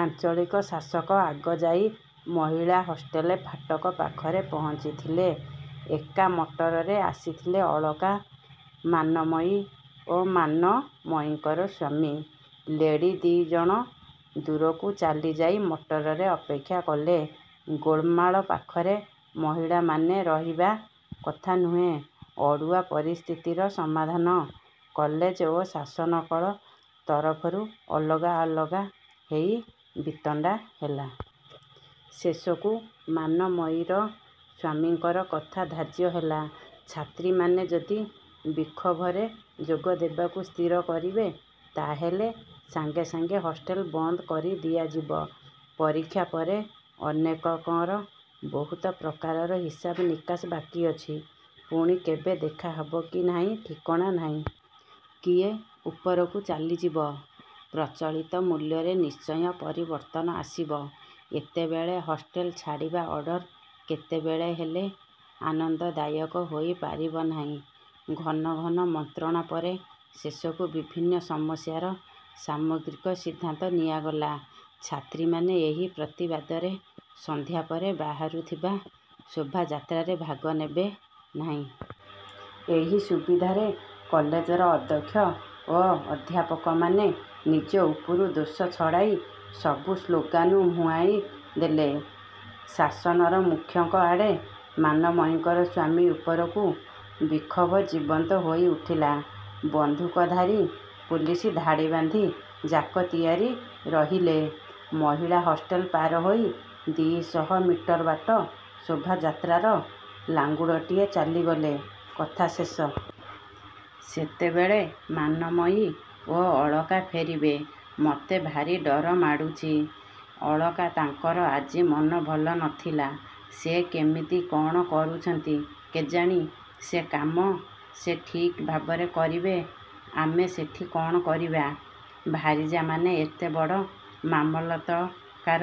ଆଞ୍ଚଳିକ ଶାସକ ଆଗ ଯାଇ ମହିଳା ହଷ୍ଟେଲ ଫାଟକ ପାଖରେ ପହଞ୍ଚିଥିଲେ। ଏକା ମଟରରେ ଆସିଥିଲେ ଅଳକା, ମାନମୟୀ ଓ ମାନମୟୀଙ୍କର ସ୍ୱାମୀ। ଲେଡ଼ି ଦି'ଜଣ ଦୁରକୁ ଚାଲିଯାଇ ମଟରରେ ଅପେକ୍ଷା କଲେ। ଗୋଳମାଳ ପାଖରେ ମହିଳାମାନେ ରହିବା କଥା ନୁହେଁ। ଅଡ଼ୁଆ ପରିସ୍ଥିତିର ସମାଧାନ କଲେଜ ଓ ଶାସନକଳ ତରଫରୁ ଅଲଗା ଅଲଗା ହେଇ ବିତଣ୍ଡା ହେଲା। ଶେଷକୁ ମାନମୟୀର ସ୍ୱାମୀଙ୍କର କଥା ଧାର୍ଯ୍ୟ ହେଲା-ଛାତ୍ରୀମାନେ ଯଦି ବିକ୍ଷୋଭରେ ଯୋଗ ଦେବାକୁ ସ୍ଥିର କରିବେ ତାହାହେଲେ ସାଙ୍ଗେ ସାଙ୍ଗେ ହଷ୍ଟେଲ ବନ୍ଦ କରି ଦିଆଯିବ। ପରୀକ୍ଷା ପରେ ଅନେକଙ୍କର ବହୁତ ପ୍ରକାରର ହିସାବ-ନିକାଶ ବାକି ଅଛି। ପୁଣି କେବେ ଦେଖା ହବ କି ନାହିଁ ଠିକଣା ନାହିଁ। କିଏ ଉପରକୁ ଚାଲିଯିବ-ପ୍ରଚଳିତ ମୂଲ୍ୟରେ ନିଶ୍ଚୟ ପରିବର୍ତ୍ତନ ଆସିବ। ଏତେବେଳେ ହଷ୍ଟେଲ ଛାଡ଼ିବା ଅର୍ଡ଼ର କେତେବେଳେ ହେଲେ ଆନନ୍ଦଦାୟକ ହୋଇ ପାରିବ ନାହିଁ। ଘନ ଘନ ମନ୍ତ୍ରଣା ପରେ ଶେଷକୁ ବିଭିନ୍ନ ସମସ୍ୟାର ସାମଗ୍ରିକ ସିଦ୍ଧାନ୍ତ ନିଆଗଲା-ଛାତ୍ରୀମାନେ ଏହି ପ୍ରତିବାଦରେ ସନ୍ଧ୍ୟାପରେ ବାହାରୁଥିବା ଶୋଭାଯାତ୍ରାରେ ଭାଗ ନେବେ ନାହିଁ। ଏହି ସୁବିଧାରେ କଲେଜର ଅଧ୍ୟକ୍ଷ ଓ ଅଧ୍ୟାପକମାନେ ନିଜ ଉପରୁ ଦୋଷ ଛଡ଼ାଇ ସବୁ ସ୍ଳୋଗାନ୍କୁ ମୁହାଁଇ ଦେଲେ ଶାସନର ମୁଖ୍ୟଙ୍କ ଆଡ଼େ। -ମାନମୟୀଙ୍କର ସ୍ୱାମୀ ଉପରକୁ। ବିକ୍ଷୋଭ ଜୀବନ୍ତ ହୋଇ ଉଠିଲା। ବନ୍ଧୁକଧାରି ପୁଲିସ୍ ଧାଡ଼ିବାନ୍ଧି ଜାଗତିଆର ରହିଲେ-। ମହିଳା ହଷ୍ଟେଲ ପାର ହୋଇ ଦି'ଶହ ମିଟର ବାଟ ଶୋଭାଯାତ୍ରାର ଲାଙ୍ଗୁଡ଼ଟିଏ ଚାଲିଗଲେ କଥା ଶେଷ। ସେତେବେଳେ ମାନମୟୀ ଓ ଅଳକା ଫେରିବେ। -ମତେ ଭାରି ଡର ମାଡ଼ୁଛି, ଅଳକା। ତାଙ୍କର ଆଜି ମନ ଭଲ ନ ଥିଲା। ସେ କେମିତି କ'ଣ କରୁଛନ୍ତି କେଜାଣି। -ସେ କାମ ସେ ଠିକ୍ ଭାବରେ କରିବେ। ଆମେ ସେଠି କ'ଣ କରିବା? ଭାରିଯାମାନେ ଏବେ ବଡ଼ ମାମଲତକାର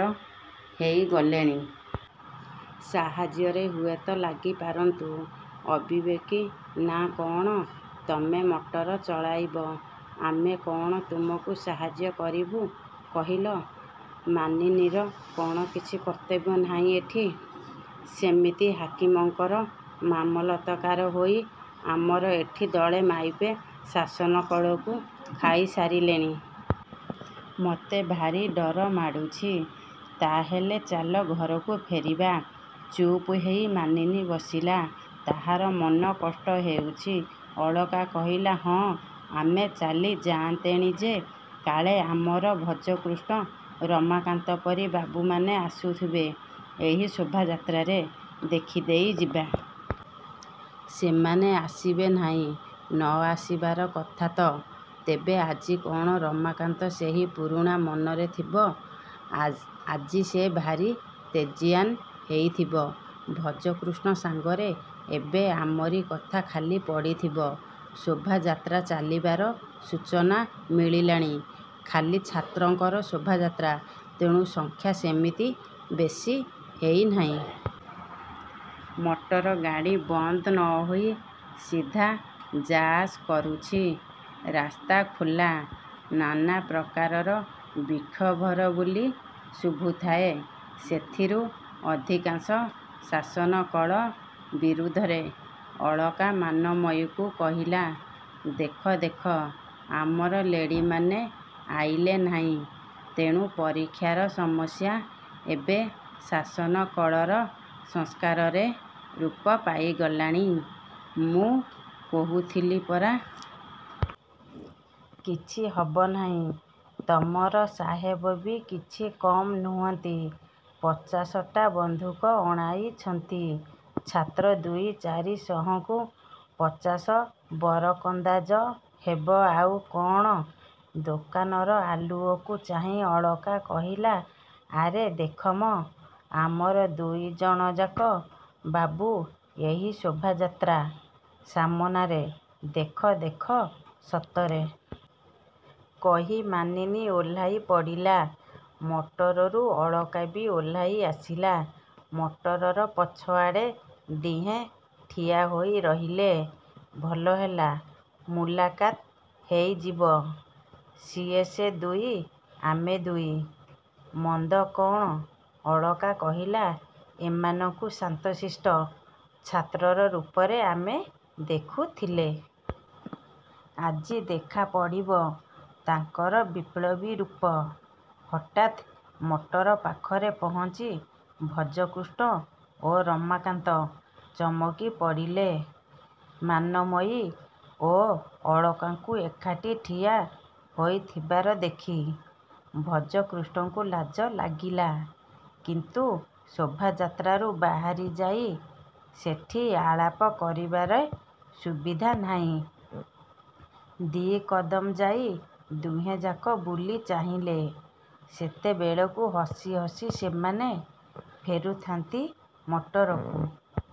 ହେଇଗଲେଣି। -ସାହାଯ୍ୟରେ ହୁଏ ତ ଲାଗିପାରନ୍ତୁ। -ଅବିବେକି ନା କ'ଣ? ତମେ ମଟର ଚଳାଇବ। ଆମେ କ'ଣ ତୁମକୁ ସାହାଯ୍ୟ କରିବୁ? କହିଲ? -ମାନିନୀର କ'ଣ କିଛି କର୍ତ୍ତବ୍ୟ ନାହିଁ ଏଠି? -ସେମିତି ହାକିମଙ୍କର ମାମଲତକାର ହୋଇ ଆମର ଏଠି ଦଳେ ମାଇପେ ଶାସନକଳକୁ ଖାଇ ସାରିଲେଣି। -ମତେ ଭାରି ଡର ମାଡ଼ୁଛି। -ତାହାହେଲେ ଚାଲ ଘରକୁ ଫେରିବା। ଚୁପ୍ ହେଇ ମାନିନୀ ବସିଲା। -ତାହାର ମନ କଷ୍ଟ ହେଉଛି। ଅଳକା କହିଲା-ହଁ ଆମେ ଚାଲି ଯାଆନ୍ତେଣି ଯେ, କାଳେ ଆମର ଭଜକୃଷ୍ଣ ରମାକାନ୍ତ ପରି ବାବୁମାନେ ଆସୁଥିବେ ଏହି ଶୋଭାଯାତ୍ରାରେ। ଦେଖିଦେଇ ଯିବା। -ସେମାନେ ଆସିବେ ନାହିଁ। -ନ ଆସିବାର କଥା ତ। ତେବେ ଆଜି କ'ଣ ରମାକାନ୍ତ ସେହି ପୁରୁଣା ମନରେ ଥିବ-? ଆଜି ସେ ଭାରି ତେଜିଆନ ହେଇଥିବ। ଭଜକୃଷ୍ଣ ସାଙ୍ଗରେ ଏବେ ଆମରି କଥା ଖାଲି ପଡ଼ିଥିବ-। ଶୋଭାଯାତ୍ରା ଚାଲିବାର ସୂଚନା ମିଳିଲାଣି। ଖାଲି ଛାତ୍ରଙ୍କର ଶୋଭାଯାତ୍ରା-ତେଣୁ ସଂଖ୍ୟା ସେମିତି ବେଶି ହେଇ ନାହିଁ। ମଟରଗାଡ଼ି ବନ୍ଦ ନ ହୋଇ ସିଧା ଯାଆସ କରୁଛି। ରାସ୍ତା ଖୋଲା। ନାନା ପ୍ରକାରର ବିକ୍ଷୋଭର ବୋଲି ଶୁଭୁଥାଏ-ସେଥିରୁ ଅଧିକାଂଶ ଶାସନକଳ ବିରୁଦ୍ଧରେ। ଅଳକା, ମାନମୟୀକୁ କହିଲା-ଦେଖ-ଦେଖ। ଆମର ଲେଡ଼ିମାନେ ଆଇଲେ ନାହିଁ। ତେଣୁ ପରୀକ୍ଷାର ସମସ୍ୟା ଏବେ ଶାସନକଳର ସଂସ୍କାରରେ ରୂପ ପାଇଗଲାଣି -ମୁଁ କହୁଥିଲି ପରା। -କିଛି ହବ ନାହିଁ। ତମର ସାହେବ ବି କିଛି କମ୍ ନୁହନ୍ତି। ପଚାଶଟା ବନ୍ଧୁକ ଅଣାଇଛନ୍ତି। ଛାତ୍ର ଦୁଇ ଚାରିଶହଙ୍କୁ ପଚାଶ ବରକନ୍ଦାଜ-ହେବ ଆଉ କ'ଣ? ଦୋକାନର ଆଲୁଅକୁ ଚାହିଁ ଅଳକା କହିଲା-ଆରେ ଦେଖମ। ଆମର ଦୁଇ ଜଣଯାକ ବାବୁ ଏହି ଶୋଭାଯାତ୍ରା ସାମନାରେ-ଦେଖ-ଦେଖ। -ସତରେ? -କହି ମାନିନୀ ଓହ୍ଲାଇ ପଡ଼ିଲା ମଟରରୁ ଅଳକା ବି ଓହ୍ଲାଇ ଆସିଲା। ମଟରର ପଛଆଡ଼େ ଦିହେଁ ଠିଆ ହୋଇ ରହିଲେ। -ଭଲ ହେଲା। ମୁଲାକାତ୍ ହେଇଯିବ। ସିଏ ସେ ଦୁଇ-ଆମେ ଦୁଇ। ମନ୍ଦ କ'ଣ? ଅଳକା କହିଲା-ଏମାନଙ୍କୁ ଶାନ୍ତ ଶିଷ୍ଟ ଛାତ୍ରର ରୂପରେ ଆମେ ଦେଖୁଥିଲେ। ଆଜି ଦେଖାପଡ଼ିବ ତାଙ୍କର ବିପ୍ଳବୀ ରୂପ। ହଠାତ୍ ମଟର ପାଖରେ ପହଞ୍ଚି ଭଜକୃଷ୍ଣ ଓ ରମାକାନ୍ତ ଚମକି ପଡ଼ିଲେ-ମାନମୟୀ ଓ ଅଳକାଙ୍କୁ ଏକାଠି ଠିଆ ହେଇଥିବାର ଦେଖି। ଭଜକୃଷ୍ଣଙ୍କୁ ଲାଜ ଲାଗିଲା। କିନ୍ତୁ ଶୋଭାଯାତ୍ରାରୁ ବାହାରି ଯାଇ ସେଠି ଆଳାପ କରିବାରେ ସୁବିଧା ନାହିଁ। ଦି'କଦମ୍ ଯାଇ ଦୁହେଁଯାକ ବୁଲି ଚାହିଁଲେ-ସେତେବେଳକୁ ହସି ହସି ସେମାନେ ଫେରୁଥାନ୍ତି ମଟରକୁ।